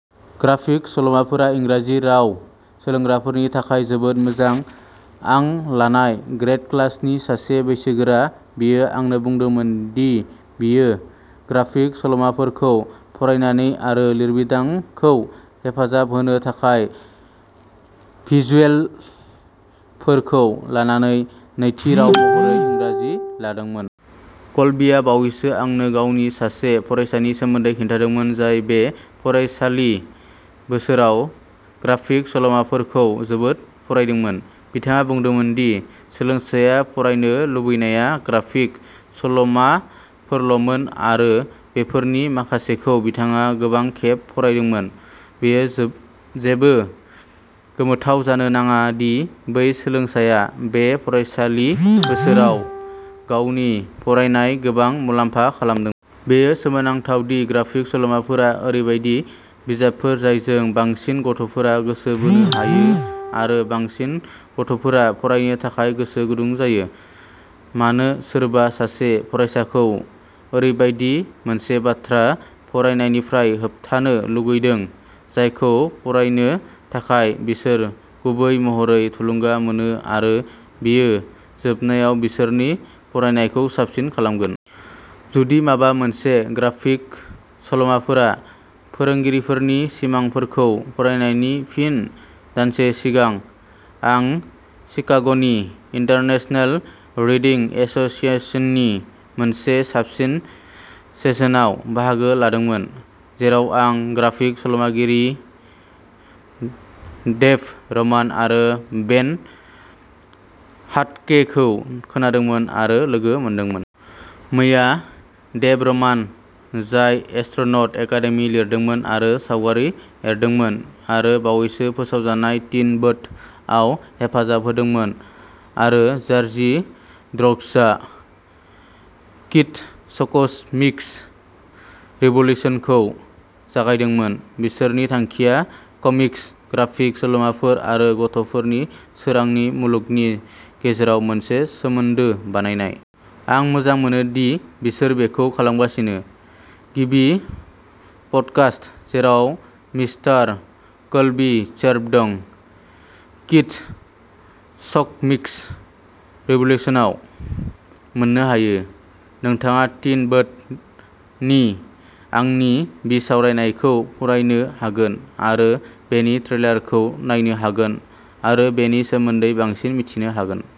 Graphic सल'माफोरा इंराजि राव सोलोंग्राफोरनि थाखायबो जोबोद मोजां। आं लानाय ग्रेद क्लासनि सासे बैसोगोरा, बियो आंनो बुंदोंमोन दि बियो ग्राफिक सल'माफोरखौ फरायनानै आरो लिरबिदांखौ हेफाजाब होनो थाखाय भिजुएलफोरखौ लानानै नैथि राव महरै इंराजि सोलोंदोंमोन। कलबीआ बावैसो आंनो गावनि सासे फरायसानि सोमोन्दै खिन्थादोंमोन जाय बे फरायसालि बोसोराव ग्राफिक सल'माफोरखौ जोबोद फरायदोंमोन। बिथाङा बुंदोंमोन दि सोलोंसाया फरायनो लुबैनाया ग्राफिक सल'माफोरल'मोन आरो बेफोरनि माखासेखौ बिथाङा गोबां खेब फरायदोंमोन। बेयो जेबो गोमोथाव जानो नाङा दि बै सोलोंसाया बे फरायसालि बोसोराव गावनि फरायनायाव गोबां मुलाम्फा खालामदोंमोन। बेयो सोमोनांथाव दि ग्राफिक सल'माफोरा ओरैबायदि बिजाबफोर जायजों बांसिन गथ'फोरा गोसो बोनो हायो आरो बांसिन गथ'फोरा फरायनो थाखाय गोसो गुदुं जायो। मानो सोरबा सासे फरायसाखौ ओरैबायदि मोनसे बाथ्रा फरायनायनिफ्राय होबथानो लुबैदों जायखौ फरायनो थाखाय बिसोर गुबै महरै थुलुंगा मोनो आरो बेयो जोबनायाव बिसोरनि फरायनायखौ साबसिन खालामगोन? जुदि माबा मोनसे, ग्राफिक सल'माफोरा फोरोंगिरिफोरनि सिमांफोरखौ फरायनायनि फिन। दानसे सिगां, आं शिकाग'नि इन्टारनेशनेल रिडिं एस'सिएशननि मोनसे साबसिन सेसनाव बाहागो लादोंमोन, जेराव आं ग्राफिक सल'मागिरि डेभ रमान आरो बेन हाटकेखौ खोनादोंमोन आरो लोगो मोनदोंमोन। मैया, डेभ रमान, जाय एस्ट्र'नट एकादेमि लिरदोंमोन आरो सावगारि एरदोंमोन आरो बावैसो फोसावजानाय टिन बोट! आव हेफाजाब होदोंमोन, आरो जार्जी ड्र'ज्डआ किड्स'कमिक्स रिभ'लिउसनखौ जागायदोंमोन। बिसोरनि थांखिया कमिक्स, ग्राफिक सल'माफोर आरो गथ'फोरनि सोरांनि मुलुगनि गेजेराव मोनसे सोमोन्दो बानायनाय। आं मोजां मोनो दि बिसोरो बेखौ खालामगासिनो! गिबि पडकास्ट, जेराव मिस्टार कल्बी शार्प दं, किड्स'कमिक्स रिभ'लिउसनआव मोन्नो हायो। नोंथाङा टिन बोट! नि आंनि बिसावरायनायखौ फरायनो हागोन! आरो बेनि ट्रेलारखौ नायनो हागोन आरो बेनि सोमोन्दै बांसिन मिथिनो हागोन।